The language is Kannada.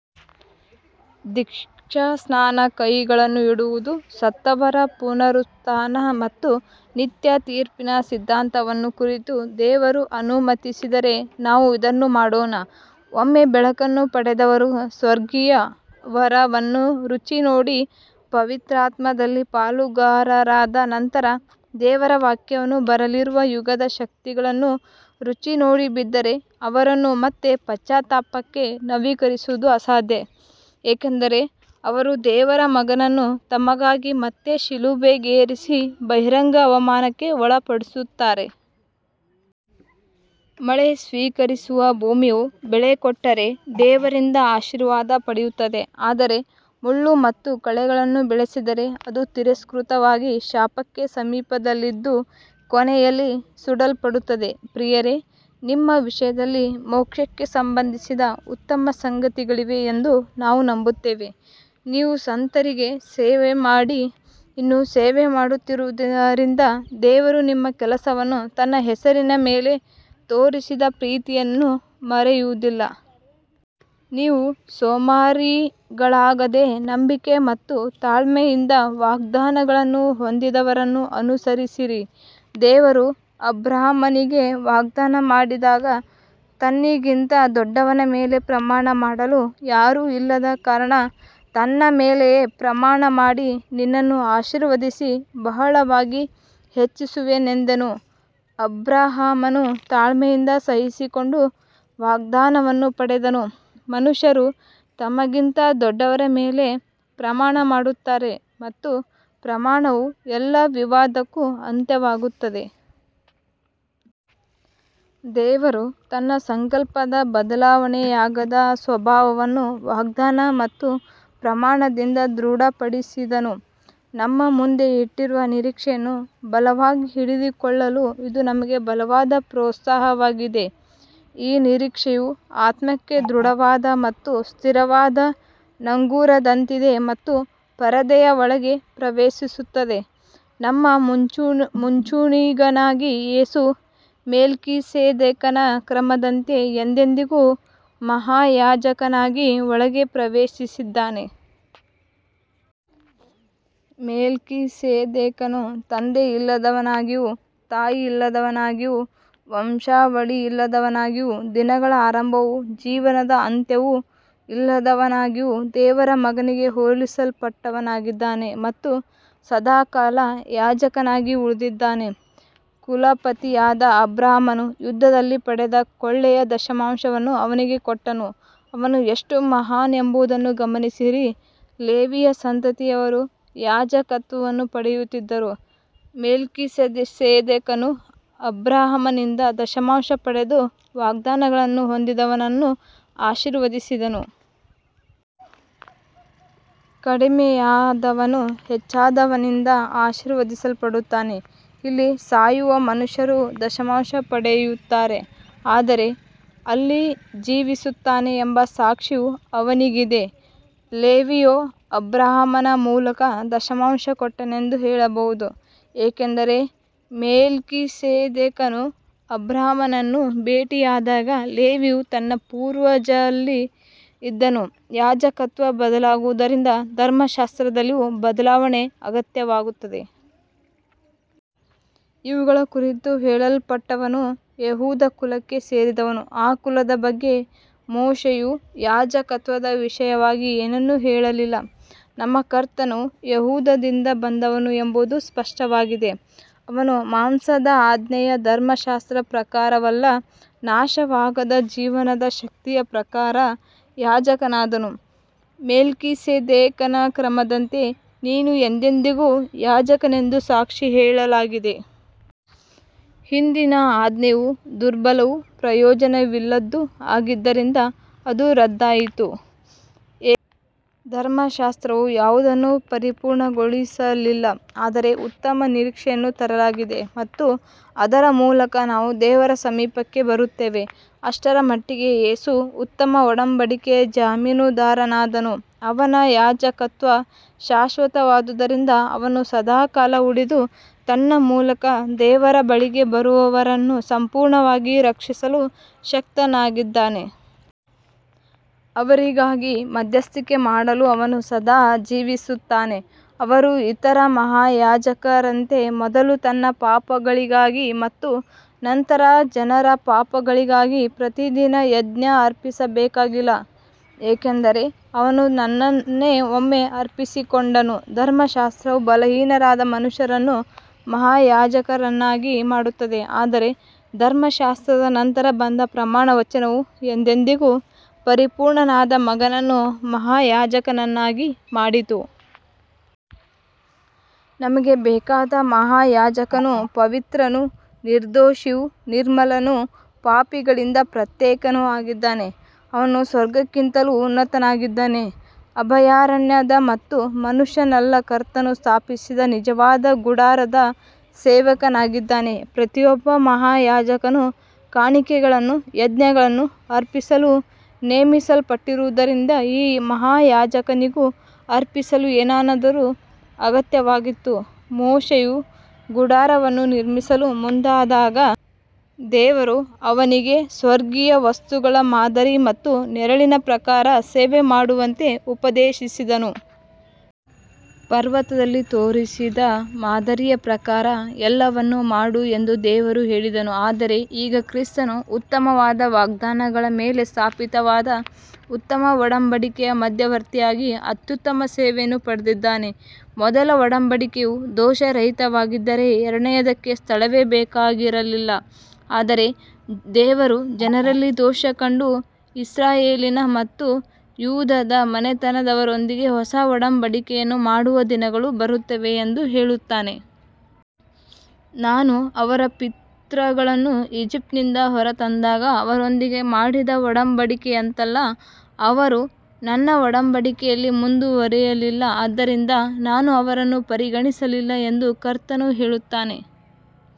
ದೀಕ್ಷಾಸ್ನಾನ ಕೈಗಳನ್ನು ಇಡುವುದು ಸತ್ತವರ ಪುನರುತ್ಥಾನ ಮತ್ತು ನಿತ್ಯ ತೀರ್ಪಿನ ಸಿದ್ಧಾಂತವನ್ನು ಕುರಿತು ದೇವರು ಅನುಮತಿಸಿದರೆ ನಾವು ಇದನ್ನು ಮಾಡೋಣ. ಒಮ್ಮೆ ಬೆಳಕನ್ನು ಪಡೆದವರು ಸ್ವರ್ಗೀಯ ವರವನ್ನು ರುಚಿನೋಡಿ ಪವಿತ್ರಾತ್ಮದಲ್ಲಿ ಪಾಲುಗಾರರಾದ ನಂತರ ದೇವರ ವಾಕ್ಯವನ್ನೂ ಬರಲಿರುವ ಯುಗದ ಶಕ್ತಿಗಳನ್ನೂ ರುಚಿನೋಡಿ ಬಿದ್ದರೆ ಅವರನ್ನು ಮತ್ತೆ ಪಶ್ಚಾತ್ತಾಪಕ್ಕೆ ನವೀಕರಿಸುವುದು ಅಸಾಧ್ಯ, ಏಕೆಂದರೆ ಅವರು ದೇವರ ಮಗನನ್ನು ತಮಗಾಗಿ ಮತ್ತೆ ಶಿಲುಬೆಗೇರಿಸಿ ಬಹಿರಂಗ ಅವಮಾನಕ್ಕೆ ಒಳಪಡಿಸುತ್ತಾರೆ. ಮಳೆ ಸ್ವೀಕರಿಸುವ ಭೂಮಿಯು ಬೆಳೆ ಕೊಟ್ಟರೆ ದೇವರಿಂದ ಆಶೀರ್ವಾದ ಪಡೆಯುತ್ತದೆ, ಆದರೆ ಮುಳ್ಳು ಮತ್ತು ಕಳೆಗಳನ್ನು ಬೆಳೆಸಿದರೆ ಅದು ತಿರಸ್ಕೃತವಾಗಿ ಶಾಪಕ್ಕೆ ಸಮೀಪದಲ್ಲಿದ್ದು ಕೊನೆಯಲ್ಲಿ ಸುಡಲ್ಪಡುತ್ತದೆ. ಪ್ರಿಯರೇ, ನಿಮ್ಮ ವಿಷಯದಲ್ಲಿ ಮೋಕ್ಷಕ್ಕೆ ಸಂಬಂಧಿಸಿದ ಉತ್ತಮ ಸಂಗತಿಗಳಿವೆ ಎಂದು ನಾವು ನಂಬುತ್ತೇವೆ. ನೀವು ಸಂತರಿಗೆ ಸೇವೆಮಾಡಿ ಇನ್ನೂ ಸೇವೆಮಾಡುತ್ತಿರುವುದರಿಂದ ದೇವರು ನಿಮ್ಮ ಕೆಲಸವನ್ನೂ ತನ್ನ ಹೆಸರಿನ ಮೇಲೆ ತೋರಿಸಿದ ಪ್ರೀತಿಯನ್ನೂ ಮರೆಯುವುದಿಲ್ಲ. ನೀವು ಸೋಮಾರಿಗಳಾಗದೆ ನಂಬಿಕೆ ಮತ್ತು ತಾಳ್ಮೆಯಿಂದ ವಾಗ್ದಾನಗಳನ್ನು ಹೊಂದಿದವರನ್ನು ಅನುಸರಿಸಿರಿ. ದೇವರು ಅಬ್ರಹಾಮನಿಗೆ ವಾಗ್ದಾನ ಮಾಡಿದಾಗ ತನ್ನಿಗಿಂತ ದೊಡ್ಡವನ ಮೇಲೆ ಪ್ರಮಾಣ ಮಾಡಲು ಯಾರೂ ಇಲ್ಲದ ಕಾರಣ ತನ್ನ ಮೇಲೆಯೇ ಪ್ರಮಾಣಮಾಡಿ ನಿನ್ನನ್ನು ಆಶೀರ್ವದಿಸಿ ಬಹಳವಾಗಿ ಹೆಚ್ಚಿಸುವೆನೆಂದನು. ಅಬ್ರಹಾಮನು ತಾಳ್ಮೆಯಿಂದ ಸಹಿಸಿಕೊಂಡು ವಾಗ್ದಾನವನ್ನು ಪಡೆದನು. ಮನುಷ್ಯರು ತಮಗಿಂತ ದೊಡ್ಡವರ ಮೇಲೆ ಪ್ರಮಾಣಮಾಡುತ್ತಾರೆ ಮತ್ತು ಪ್ರಮಾಣವು ಎಲ್ಲ ವಿವಾದಕ್ಕೂ ಅಂತ್ಯವಾಗುತ್ತದೆ. ದೇವರು ತನ್ನ ಸಂಕಲ್ಪದ ಬದಲಾವಣೆಯಾಗದ ಸ್ವಭಾವವನ್ನು ವಾಗ್ದಾನ ಮತ್ತು ಪ್ರಮಾಣದಿಂದ ದೃಢಪಡಿಸಿದನು. ನಮ್ಮ ಮುಂದೆ ಇಟ್ಟಿರುವ ನಿರೀಕ್ಷೆಯನ್ನು ಬಲವಾಗಿ ಹಿಡಿದುಕೊಳ್ಳಲು ಇದು ನಮಗೆ ಬಲವಾದ ಪ್ರೋತ್ಸಾಹವಾಗಿದೆ. ಈ ನಿರೀಕ್ಷೆಯು ಆತ್ಮಕ್ಕೆ ದೃಢವಾದ ಮತ್ತು ಸ್ಥಿರವಾದ ನಂಗೂರದಂತಿದೆ ಮತ್ತು ಪರದೆಯ ಒಳಗೆ ಪ್ರವೇಶಿಸುತ್ತದೆ. ನಮ್ಮ ಮುಂಚೂಣಿಗನಾಗಿ ಯೇಸು ಮೆಲ್ಕಿಸೆದೇಕನ ಕ್ರಮದಂತೆ ಎಂದೆಂದಿಗೂ ಮಹಾಯಾಜಕನಾಗಿ ಒಳಗೆ ಪ್ರವೇಶಿಸಿದ್ದಾನೆ. ಮೆಲ್ಕಿಸೆದೇಕನು ತಂದೆಯಿಲ್ಲದವನಾಗಿಯೂ ತಾಯಿಯಿಲ್ಲದವನಾಗಿಯೂ ವಂಶಾವಳಿಯಿಲ್ಲದವನಾಗಿಯೂ ದಿನಗಳ ಆರಂಭವೂ ಜೀವನದ ಅಂತ್ಯವೂ ಇಲ್ಲದವನಾಗಿಯೂ ದೇವರ ಮಗನಿಗೆ ಹೋಲಿಸಲ್ಪಟ್ಟವನಾಗಿದ್ದಾನೆ ಮತ್ತು ಸದಾಕಾಲ ಯಾಜಕನಾಗಿ ಉಳಿದಿದ್ದಾನೆ. ಕುಲಪತಿಯಾದ ಅಬ್ರಹಾಮನು ಯುದ್ಧದಲ್ಲಿ ಪಡೆದ ಕೊಳ್ಳೆಯ ದಶಮಾಂಶವನ್ನು ಅವನಿಗೆ ಕೊಟ್ಟನು. ಅವನು ಎಷ್ಟು ಮಹಾನ್ ಎಂಬುದನ್ನು ಗಮನಿಸಿರಿ. ಲೇವಿಯ ಸಂತತಿಯವರು ಯಾಜಕತ್ವವನ್ನು ಪಡೆಯುತ್ತಿದ್ದರೂ ಮೆಲ್ಕಿಸೆದೇಕನು ಅಬ್ರಹಾಮನಿಂದ ದಶಮಾಂಶ ಪಡೆದು ವಾಗ್ದಾನಗಳನ್ನು ಹೊಂದಿದವನನ್ನು ಆಶೀರ್ವದಿಸಿದನು. ಕಡಿಮೆಯಾದವನು ಹೆಚ್ಚಾದವನಿಂದ ಆಶೀರ್ವದಿಸಲ್ಪಡುತ್ತಾನೆ. ಇಲ್ಲಿ ಸಾಯುವ ಮನುಷ್ಯರು ದಶಮಾಂಶ ಪಡೆಯುತ್ತಾರೆ, ಆದರೆ ಅಲ್ಲಿ ಜೀವಿಸುತ್ತಾನೆ ಎಂಬ ಸಾಕ್ಷಿಯು ಅವನಿಗಿದೆ. ಲೇವಿಯೂ ಅಬ್ರಹಾಮನ ಮೂಲಕ ದಶಮಾಂಶ ಕೊಟ್ಟನೆಂದು ಹೇಳಬಹುದು, ಏಕೆಂದರೆ ಮೆಲ್ಕಿಸೆದೇಕನು ಅಬ್ರಹಾಮನನ್ನು ಭೇಟಿಯಾದಾಗ ಲೇವಿಯು ತನ್ನ ಪೂರ್ವಜನಲ್ಲಿ ಇದ್ದನು. ಯಾಜಕತ್ವ ಬದಲಾಗುವುದರಿಂದ ಧರ್ಮಶಾಸ್ತ್ರದಲ್ಲಿಯೂ ಬದಲಾವಣೆ ಅಗತ್ಯವಾಗುತ್ತದೆ. ಇವುಗಳ ಕುರಿತು ಹೇಳಲ್ಪಟ್ಟವನು ಯೆಹೂದ ಕುಲಕ್ಕೆ ಸೇರಿದವನು, ಆ ಕುಲದ ಬಗ್ಗೆ ಮೋಶೆಯು ಯಾಜಕತ್ವದ ವಿಷಯವಾಗಿ ಏನನ್ನೂ ಹೇಳಲಿಲ್ಲ. ನಮ್ಮ ಕರ್ತನು ಯೆಹೂದದಿಂದ ಬಂದವನು ಎಂಬುದು ಸ್ಪಷ್ಟವಾಗಿದೆ. ಅವನು ಮಾಂಸದ ಆಜ್ಞೆಯ ಧರ್ಮಶಾಸ್ತ್ರದ ಪ್ರಕಾರವಲ್ಲ, ನಾಶವಾಗದ ಜೀವನದ ಶಕ್ತಿಯ ಪ್ರಕಾರ ಯಾಜಕನಾದನು. ಮೆಲ್ಕಿಸೆದೇಕನ ಕ್ರಮದಂತೆ ನೀನು ಎಂದೆಂದಿಗೂ ಯಾಜಕನೆಂದು ಸಾಕ್ಷಿ ಹೇಳಲಾಗಿದೆ. ಹಿಂದಿನ ಆಜ್ಞೆಯು ದುರ್ಬಲವೂ ಪ್ರಯೋಜನವಿಲ್ಲದ್ದೂ ಆಗಿದ್ದರಿಂದ ಅದು ರದ್ದಾಯಿತು, ಏಕೆಂದರೆ ಧರ್ಮಶಾಸ್ತ್ರವು ಯಾವುದನ್ನೂ ಪರಿಪೂರ್ಣಗೊಳಿಸಲಿಲ್ಲ. ಆದರೆ ಉತ್ತಮ ನಿರೀಕ್ಷೆಯನ್ನು ತರಲಾಗಿದೆ ಮತ್ತು ಅದರ ಮೂಲಕ ನಾವು ದೇವರ ಸಮೀಪಕ್ಕೆ ಬರುತ್ತೇವೆ. ಅಷ್ಟರಮಟ್ಟಿಗೆ ಯೇಸು ಉತ್ತಮ ಒಡಂಬಡಿಕೆಯ ಜಾಮೀನುದಾರನಾದನು. ಅವನ ಯಾಜಕತ್ವ ಶಾಶ್ವತವಾದುದರಿಂದ ಅವನು ಸದಾಕಾಲ ಉಳಿದು ತನ್ನ ಮೂಲಕ ದೇವರ ಬಳಿಗೆ ಬರುವವರನ್ನು ಸಂಪೂರ್ಣವಾಗಿ ರಕ್ಷಿಸಲು ಶಕ್ತನಾಗಿದ್ದಾನೆ. ಅವರಿಗಾಗಿ ಮಧ್ಯಸ್ಥಿಕೆ ಮಾಡಲು ಅವನು ಸದಾ ಜೀವಿಸುತ್ತಾನೆ. ಅವನು ಇತರ ಮಹಾಯಾಜಕರಂತೆ ಮೊದಲು ತನ್ನ ಪಾಪಗಳಿಗಾಗಿ ಮತ್ತು ನಂತರ ಜನರ ಪಾಪಗಳಿಗಾಗಿ ಪ್ರತಿದಿನ ಯಜ್ಞ ಅರ್ಪಿಸಬೇಕಾಗಿಲ್ಲ, ಏಕೆಂದರೆ ಅವನು ತನ್ನನ್ನೇ ಒಮ್ಮೆ ಅರ್ಪಿಸಿಕೊಂಡನು. ಧರ್ಮಶಾಸ್ತ್ರವು ಬಲಹೀನರಾದ ಮನುಷ್ಯರನ್ನು ಮಹಾಯಾಜಕರನ್ನಾಗಿ ಮಾಡುತ್ತದೆ, ಆದರೆ ಧರ್ಮಶಾಸ್ತ್ರದ ನಂತರ ಬಂದ ಪ್ರಮಾಣವಚನವು ಎಂದೆಂದಿಗೂ ಪರಿಪೂರ್ಣನಾದ ಮಗನನ್ನು ಮಹಾಯಾಜಕನನ್ನಾಗಿ ಮಾಡಿತು. ನಮಗೆ ಬೇಕಾದ ಮಹಾಯಾಜಕನು ಪವಿತ್ರನೂ ನಿರ್ದೋಷಿಯೂ ನಿರ್ಮಲನೂ ಪಾಪಿಗಳಿಂದ ಪ್ರತ್ಯೇಕನೂ ಆಗಿದ್ದಾನೆ. ಅವನು ಸ್ವರ್ಗಕ್ಕಿಂತಲೂ ಉನ್ನತನಾಗಿದ್ದಾನೆ. ಅಭಯಾರಣ್ಯದ ಮತ್ತು ಮನುಷ್ಯನಲ್ಲ, ಕರ್ತನು ಸ್ಥಾಪಿಸಿದ ನಿಜವಾದ ಗುಡಾರದ ಸೇವಕನಾಗಿದ್ದಾನೆ. ಪ್ರತಿಯೊಬ್ಬ ಮಹಾಯಾಜಕನು ಕಾಣಿಕೆಗಳನ್ನೂ ಯಜ್ಞಗಳನ್ನೂ ಅರ್ಪಿಸಲು ನೇಮಿಸಲ್ಪಟ್ಟಿರುವುದರಿಂದ ಈ ಮಹಾಯಾಜಕನಿಗೂ ಅರ್ಪಿಸಲು ಏನಾದರೂ ಅಗತ್ಯವಾಗಿತ್ತು. ಮೋಶೆಯು ಗುಡಾರವನ್ನು ನಿರ್ಮಿಸಲು ಮುಂದಾದಾಗ ದೇವರು ಅವನಿಗೆ ಸ್ವರ್ಗೀಯ ವಸ್ತುಗಳ ಮಾದರಿ ಮತ್ತು ನೆರಳಿನ ಪ್ರಕಾರ ಸೇವೆಮಾಡುವಂತೆ ಉಪದೇಶಿಸಿದನು. ಪರ್ವತದಲ್ಲಿ ತೋರಿಸಿದ ಮಾದರಿಯ ಪ್ರಕಾರ ಎಲ್ಲವನ್ನೂ ಮಾಡು ಎಂದು ದೇವರು ಹೇಳಿದನು. ಆದರೆ ಈಗ ಕ್ರಿಸ್ತನು ಉತ್ತಮವಾದ ವಾಗ್ದಾನಗಳ ಮೇಲೆ ಸ್ಥಾಪಿತವಾದ ಉತ್ತಮ ಒಡಂಬಡಿಕೆಯ ಮಧ್ಯವರ್ತಿಯಾಗಿ ಅತ್ಯುತ್ತಮ ಸೇವೆಯನ್ನು ಪಡೆದಿದ್ದಾನೆ. ಮೊದಲ ಒಡಂಬಡಿಕೆಯು ದೋಷರಹಿತವಾಗಿದ್ದರೆ ಎರಡನೆಯದಕ್ಕೆ ಸ್ಥಳವೇ ಬೇಕಾಗಿರಲಿಲ್ಲ. ಆದರೆ ದೇವರು ಜನರಲ್ಲಿ ದೋಷ ಕಂಡು, ಇಸ್ರಾಯೇಲಿನ ಮತ್ತು ಯೂದದ ಮನೆತನದವರೊಂದಿಗೆ ಹೊಸ ಒಡಂಬಡಿಕೆಯನ್ನು ಮಾಡುವ ದಿನಗಳು ಬರುತ್ತವೆ ಎಂದು ಹೇಳುತ್ತಾನೆ. ನಾನು ಅವರ ಪಿತೃಗಳನ್ನು ಈಜಿಪ್ಟಿನಿಂದ ಹೊರತಂದಾಗ ಅವರೊಂದಿಗೆ ಮಾಡಿದ ಒಡಂಬಡಿಕೆಯಂತಲ್ಲ. ಅವರು ನನ್ನ ಒಡಂಬಡಿಕೆಯಲ್ಲಿ ಮುಂದುವರಿಯಲಿಲ್ಲ, ಆದ್ದರಿಂದ ನಾನು ಅವರನ್ನು ಪರಿಗಣಿಸಲಿಲ್ಲ ಎಂದು ಕರ್ತನು ಹೇಳುತ್ತಾನೆ.